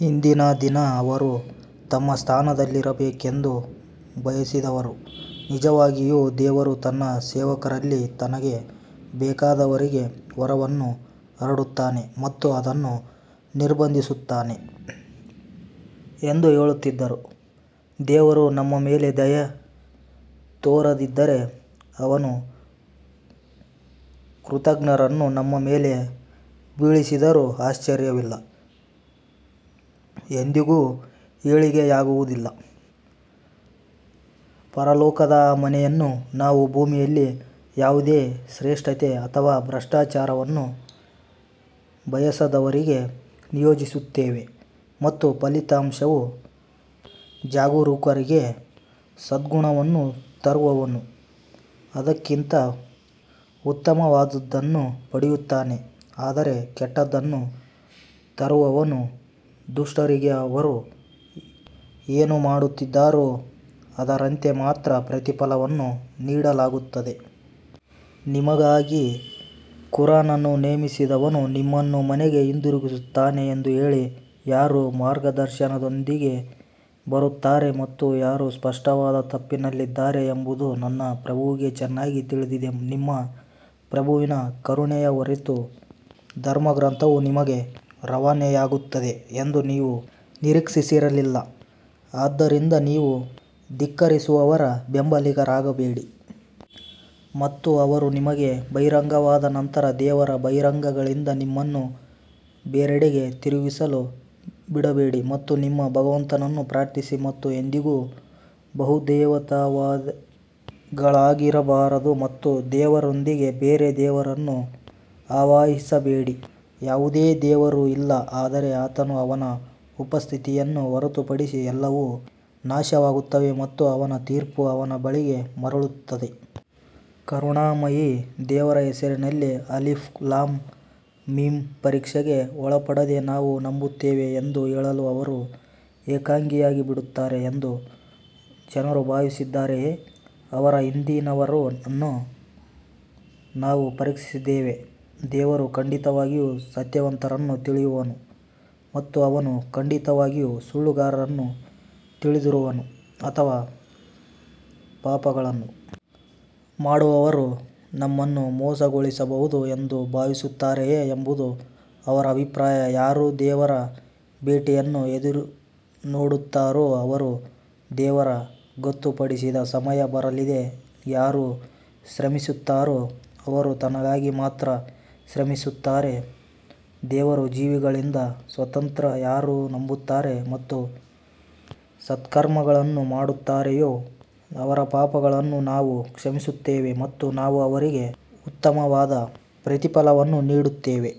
ಹಿಂದಿನ ದಿನ ಅವರು ತಮ್ಮ ಸ್ಥಾನದಲ್ಲಿರಬೇಕೆಂದು ಬಯಸಿದವರು ನಿಜವಾಗಿಯೂ ದೇವರು ತನ್ನ ಸೇವಕರಲ್ಲಿ ತನಗೆ ಬೇಕಾದವರಿಗೆ ವರವನ್ನು ಹರಡುತ್ತಾನೆ ಮತ್ತು ಅದನ್ನು ನಿರ್ಬಂಧಿಸುತ್ತಾನೆ ಎಂದು ಹೇಳುತ್ತಿದ್ದರು, ದೇವರು ನಮ್ಮ ಮೇಲೆ ದಯೆ ತೋರದಿದ್ದರೆ ಅವನು ಕೃತಘ್ನರನ್ನು ನಮ್ಮ ಮೇಲೆ ಬೀಳಿಸಿದರೂ ಆಶ್ಚರ್ಯವಿಲ್ಲ. ಎಂದಿಗೂ ಏಳಿಗೆಯಾಗುವುದಿಲ್ಲ ಪರಲೋಕದ ಆ ಮನೆಯನ್ನು ನಾವು ಭೂಮಿಯಲ್ಲಿ ಯಾವುದೇ ಶ್ರೇಷ್ಠತೆ ಅಥವಾ ಭ್ರಷ್ಟಾಚಾರವನ್ನು ಬಯಸದವರಿಗೆ ನಿಯೋಜಿಸುತ್ತೇವೆ ಮತ್ತು ಫಲಿತಾಂಶವು ಜಾಗರೂಕರಿಗೆ ಸದ್ಗುಣವನ್ನು ತರುವವನು ಅದಕ್ಕಿಂತ ಉತ್ತಮವಾದದ್ದನ್ನು ಪಡೆಯುತ್ತಾನೆ ಆದರೆ ಕೆಟ್ಟದ್ದನ್ನು ತರುವವನು ದುಷ್ಟರಿಗೆ ಅವರು ಏನು ಮಾಡುತ್ತಿದ್ದಾರೋ ಅದರಂತೆ ಮಾತ್ರ ಪ್ರತಿಫಲವನ್ನು ನೀಡಲಾಗುತ್ತದೆ. ನಿಮಗಾಗಿ ಖುರಾನ್ ಅನ್ನು ನೇಮಿಸಿದವನು ನಿಮ್ಮನ್ನು ಮನೆಗೆ ಹಿಂದಿರುಗಿಸುತ್ತಾನೆ ಎಂದು ಹೇಳಿ, ಯಾರು ಮಾರ್ಗದರ್ಶನದೊಂದಿಗೆ ಬರುತ್ತಾರೆ ಮತ್ತು ಯಾರು ಸ್ಪಷ್ಟವಾದ ತಪ್ಪಿನಲ್ಲಿದ್ದಾರೆ ಎಂಬುದು ನನ್ನ ಪ್ರಭುವಿಗೆ ಚೆನ್ನಾಗಿ ತಿಳಿದಿದೆ. ನಿಮ್ಮ ಪ್ರಭುವಿನ ಕರುಣೆಯ ಹೊರತು ಧರ್ಮಗ್ರಂಥವು ನಿಮಗೆ ರವಾನೆಯಾಗುತ್ತದೆ ಎಂದು ನೀವು ನಿರೀಕ್ಷಿಸಿರಲಿಲ್ಲ ಆದ್ದರಿಂದ ನೀವು ಧಿಕ್ಕರಿಸುವವರ ಬೆಂಬಲಿಗರಾಗಬೇಡಿ. ಮತ್ತು ಅವರು ನಿಮಗೆ ಬಹಿರಂಗವಾದ ನಂತರ ದೇವರ ಬಹಿರಂಗಗಳಿಂದ ನಿಮ್ಮನ್ನು ಬೇರೆಡೆಗೆ ತಿರುಗಿಸಲು ಬಿಡಬೇಡಿ ಮತ್ತು ನಿಮ್ಮ ಭಗವಂತನನ್ನು ಪ್ರಾರ್ಥಿಸಿ ಮತ್ತು ಎಂದಿಗೂ ಬಹುದೇವತಾವಾದಿಗಳಾಗಿರಬಾರದು. ಮತ್ತು ದೇವರೊಂದಿಗೆ ಬೇರೆ ದೇವರನ್ನು ಆವಾಹಿಸಬೇಡಿ, ಯಾವುದೇ ದೇವರು ಇಲ್ಲ ಆದರೆ ಆತನು ಅವನ ಉಪಸ್ಥಿತಿಯನ್ನು ಹೊರತುಪಡಿಸಿ ಎಲ್ಲವೂ ನಾಶವಾಗುತ್ತವೆ ಮತ್ತು ಅವನ ತೀರ್ಪು ಅವನ ಬಳಿಗೆ ಮರಳುತ್ತದೆ. ಕರುಣಾಮಯಿ ದೇವರ ಹೆಸರಿನಲ್ಲಿ ಅಲಿಫ್ ಲಾಮ್ ಮೀಮ್ ಪರೀಕ್ಷೆಗೆ ಒಳಪಡದೆ ನಾವು ನಂಬುತ್ತೇವೆ ಎಂದು ಹೇಳಲು ಅವರು ಏಕಾಂಗಿಯಾಗಿ ಬಿಡುತ್ತಾರೆ ಎಂದು ಜನರು ಭಾವಿಸಿದ್ದಾರೆಯೇ ಅವರ ಹಿಂದಿನವರನ್ನು ನಾವು ಪರೀಕ್ಷಿಸಿದ್ದೇವೆ, ದೇವರು ಖಂಡಿತವಾಗಿಯೂ ಸತ್ಯವಂತರನ್ನು ತಿಳಿಯುವನು ಮತ್ತು ಅವನು ಖಂಡಿತವಾಗಿಯೂ ಸುಳ್ಳುಗಾರರನ್ನು ತಿಳಿದಿರುವನು ಅಥವಾ ಪಾಪಗಳನ್ನು ಮಾಡುವವರು ನಮ್ಮನ್ನು ಮೋಸಗೊಳಿಸಬಹುದು ಎಂದು ಭಾವಿಸುತ್ತಾರೆಯೇ ಎಂಬುದು ಅವರ ಅಭಿಪ್ರಾಯ ಯಾರು ದೇವರ ಭೇಟಿಯನ್ನು ಎದುರುನೋಡುತ್ತಾರೋ ಅವರು ದೇವರ ಗೊತ್ತುಪಡಿಸಿದ ಸಮಯ ಬರಲಿದೆ ಯಾರು ಶ್ರಮಿಸುತ್ತಾರೋ ಅವರು ತನಗಾಗಿ ಮಾತ್ರ ಶ್ರಮಿಸುತ್ತಾರೆ ದೇವರು ಜೀವಿಗಳಿಂದ ಸ್ವತಂತ್ರ ಯಾರು ನಂಬುತ್ತಾರೆ ಮತ್ತು ಸತ್ಕರ್ಮಗಳನ್ನು ಮಾಡುತ್ತಾರೆಯೋ ಅವರ ಪಾಪಗಳನ್ನು ನಾವು ಕ್ಷಮಿಸುತ್ತೇವೆ ಮತ್ತು ನಾವು ಅವರಿಗೆ ಉತ್ತಮವಾದ ಪ್ರತಿಫಲವನ್ನು ನೀಡುತ್ತೇವೆ.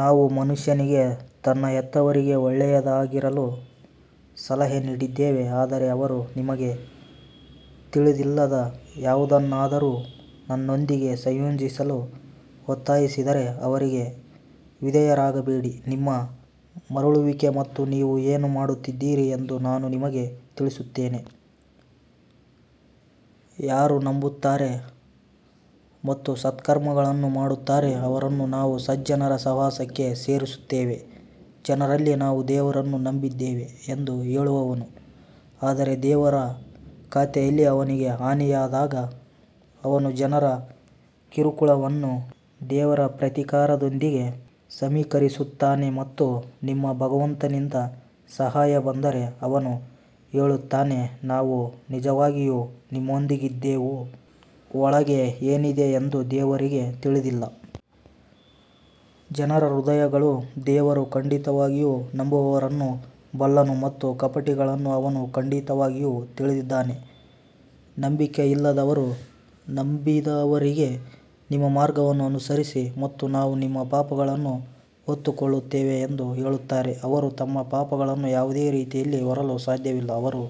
ನಾವು ಮನುಷ್ಯನಿಗೆ ತನ್ನ ಹೆತ್ತವರಿಗೆ ಒಳ್ಳೆಯವರಾಗಿರಲು ಸಲಹೆ ನೀಡಿದ್ದೇವೆ ಆದರೆ ಅವರು ನಿಮಗೆ ತಿಳಿದಿಲ್ಲದ ಯಾವುದನ್ನಾದರೂ ನನ್ನೊಂದಿಗೆ ಸಂಯೋಜಿಸಲು ಒತ್ತಾಯಿಸಿದರೆ ಅವರಿಗೆ ವಿಧೇಯರಾಗಬೇಡಿ ನಿಮ್ಮ ಮರಳುವಿಕೆ ಮತ್ತು ನೀವು ಏನು ಮಾಡುತ್ತಿದ್ದೀರಿ ಎಂದು ನಾನು ನಿಮಗೆ ತಿಳಿಸುತ್ತೇನೆ. ಯಾರು ನಂಬುತ್ತಾರೆ ಮತ್ತು ಸತ್ಕರ್ಮಗಳನ್ನು ಮಾಡುತ್ತಾರೆ ಅವರನ್ನು ನಾವು ಸಜ್ಜನರ ಸಹವಾಸಕ್ಕೆ ಸೇರಿಸುತ್ತೇವೆ ಜನರಲ್ಲಿ ನಾವು ದೇವರನ್ನು ನಂಬಿದ್ದೇವೆ ಎಂದು ಹೇಳುವವನು, ಆದರೆ ದೇವರ ಖಾತೆಯಲ್ಲಿ ಅವನಿಗೆ ಹಾನಿಯಾದಾಗ ಅವನು ಜನರ ಕಿರುಕುಳವನ್ನು ದೇವರ ಪ್ರತೀಕಾರದೊಂದಿಗೆ ಸಮೀಕರಿಸುತ್ತಾನೆ ಮತ್ತು ನಿಮ್ಮ ಭಗವಂತನಿಂದ ಸಹಾಯ ಬಂದರೆ ಅವನು ಹೇಳುತ್ತಾನೆ ನಾವು ನಿಜವಾಗಿಯೂ ನಿಮ್ಮೊಂದಿಗಿದ್ದೆವು ಒಳಗೆ ಏನಿದೆ ಎಂದು ದೇವರಿಗೆ ತಿಳಿದಿಲ್ಲ. ಜನರ ಹೃದಯಗಳು ದೇವರು ಖಂಡಿತವಾಗಿಯೂ ನಂಬುವವರನ್ನು ಬಲ್ಲನು ಮತ್ತು ಕಪಟಿಗಳನ್ನು ಅವನು ಖಂಡಿತವಾಗಿಯೂ ತಿಳಿದಿದ್ದಾನೆ ನಂಬಿಕೆಯಿಲ್ಲದವರು ನಂಬಿದವರಿಗೆ ನಮ್ಮ ಮಾರ್ಗವನ್ನು ಅನುಸರಿಸಿ ಮತ್ತು ನಾವು ನಿಮ್ಮ ಪಾಪಗಳನ್ನು ಹೊತ್ತುಕೊಳ್ಳುತ್ತೇವೆ ಎಂದು ಹೇಳುತ್ತಾರೆ ಅವರು ತಮ್ಮ ಪಾಪಗಳನ್ನು ಯಾವುದೇ ರೀತಿಯಲ್ಲಿ ಹೊರಲು ಸಾಧ್ಯವಿಲ್ಲ ಅವರು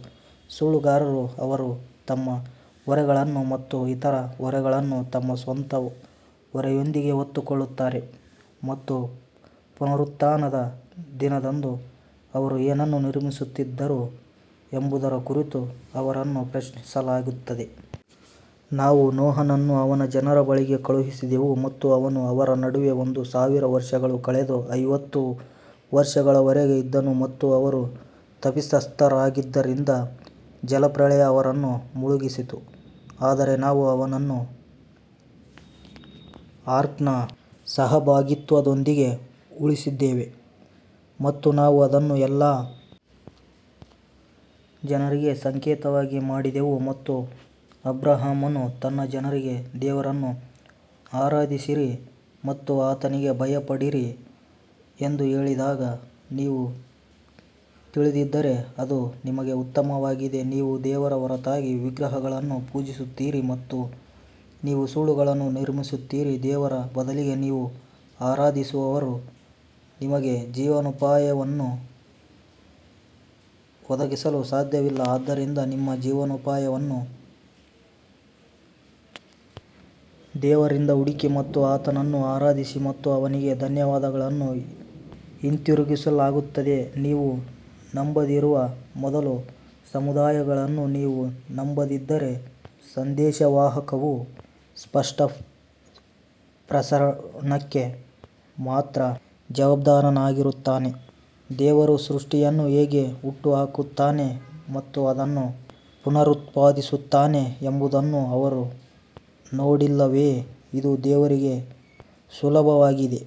ಸುಳ್ಳುಗಾರರು ಅವರು ತಮ್ಮ ಹೊರೆಗಳನ್ನು ಮತ್ತು ಇತರ ಹೊರೆಗಳನ್ನು ತಮ್ಮ ಸ್ವಂತ ಹೊರೆಯೊಂದಿಗೆ ಹೊತ್ತುಕೊಳ್ಳುತ್ತಾರೆ ಮತ್ತು ಪುನರುತ್ಥಾನದ ದಿನದಂದು ಅವರು ಏನನ್ನು ನಿರ್ಮಿಸುತ್ತಿದ್ದರು ಎಂಬುದರ ಕುರಿತು ಅವರನ್ನು ಪ್ರಶ್ನಿಸಲಾಗುತ್ತದೆ. ನಾವು ನೋಹನನ್ನು ಅವನ ಜನರ ಬಳಿಗೆ ಕಳುಹಿಸಿದೆವು ಮತ್ತು ಅವನು ಅವರ ನಡುವೆ ಒಂದು ಸಾವಿರ ವರ್ಷಗಳು ಕಳೆದು ಐವತ್ತು ವರ್ಷಗಳವರೆಗೆ ಇದ್ದನು ಮತ್ತು ಅವರು ತಪ್ಪಿತಸ್ಥರಾಗಿದ್ದರಿಂದ ಜಲಪ್ರಳಯ ಅವರನ್ನು ಮುಳುಗಿಸಿತು. ಆದರೆ ನಾವು ಅವನನ್ನು ಆರ್ಕ್ನ ಸಹಭಾಗಿತ್ವದೊಂದಿಗೆ ಉಳಿಸಿದ್ದೇವೆ ಮತ್ತು ನಾವು ಅದನ್ನು ಎಲ್ಲಾ ಜನರಿಗೆ ಸಂಕೇತವಾಗಿ ಮಾಡಿದೆವು ಮತ್ತು ಅಬ್ರಹಾಮನು ತನ್ನ ಜನರಿಗೆ ದೇವರನ್ನು ಆರಾಧಿಸಿರಿ ಮತ್ತು ಆತನಿಗೆ ಭಯಪಡಿರಿ ಎಂದು ಹೇಳಿದಾಗ ನೀವು ತಿಳಿದಿದ್ದರೆ ಅದು ನಿಮಗೆ ಉತ್ತಮವಾಗಿದೆ ನೀವು ದೇವರ ಹೊರತಾಗಿ ವಿಗ್ರಹಗಳನ್ನು ಪೂಜಿಸುತ್ತೀರಿ ಮತ್ತು ನೀವು ಸುಳ್ಳುಗಳನ್ನು ನಿರ್ಮಿಸುತ್ತೀರಿ ದೇವರ ಬದಲಿಗೆ ನೀವು ಆರಾಧಿಸುವವರು ನಿಮಗೆ ಜೀವನೋಪಾಯವನ್ನು ಒದಗಿಸಲು ಸಾಧ್ಯವಿಲ್ಲ ಆದ್ದರಿಂದ ನಿಮ್ಮ ಜೀವನೋಪಾಯವನ್ನು ದೇವರಿಂದ ಹುಡುಕಿ ಮತ್ತು ಆತನನ್ನು ಆರಾಧಿಸಿ ಮತ್ತು ಅವನಿಗೆ ಧನ್ಯವಾದಗಳನ್ನು ಹಿಂತಿರುಗಿಸಲಾಗುತ್ತದೆ ನೀವು ನಂಬದಿರುವ ಮೊದಲು ಸಮುದಾಯಗಳನ್ನು ನೀವು ನಂಬದಿದ್ದರೆ, ಸಂದೇಶವಾಹಕವು ಸ್ಪಷ್ಟ ಪ್ರಸರಣಕ್ಕೆ ಮಾತ್ರ ಜವಾಬ್ದಾರನಾಗಿರುತ್ತಾನೆ ದೇವರು ಸೃಷ್ಟಿಯನ್ನು ಹೇಗೆ ಹುಟ್ಟುಹಾಕುತ್ತಾನೆ ಮತ್ತು ಅದನ್ನು ಪುನರುತ್ಪಾದಿಸುತ್ತಾನೆ ಎಂಬುದನ್ನು ಅವರು ನೋಡಿಲ್ಲವೇ ಇದು ದೇವರಿಗೆ ಸುಲಭವಾಗಿದೆ.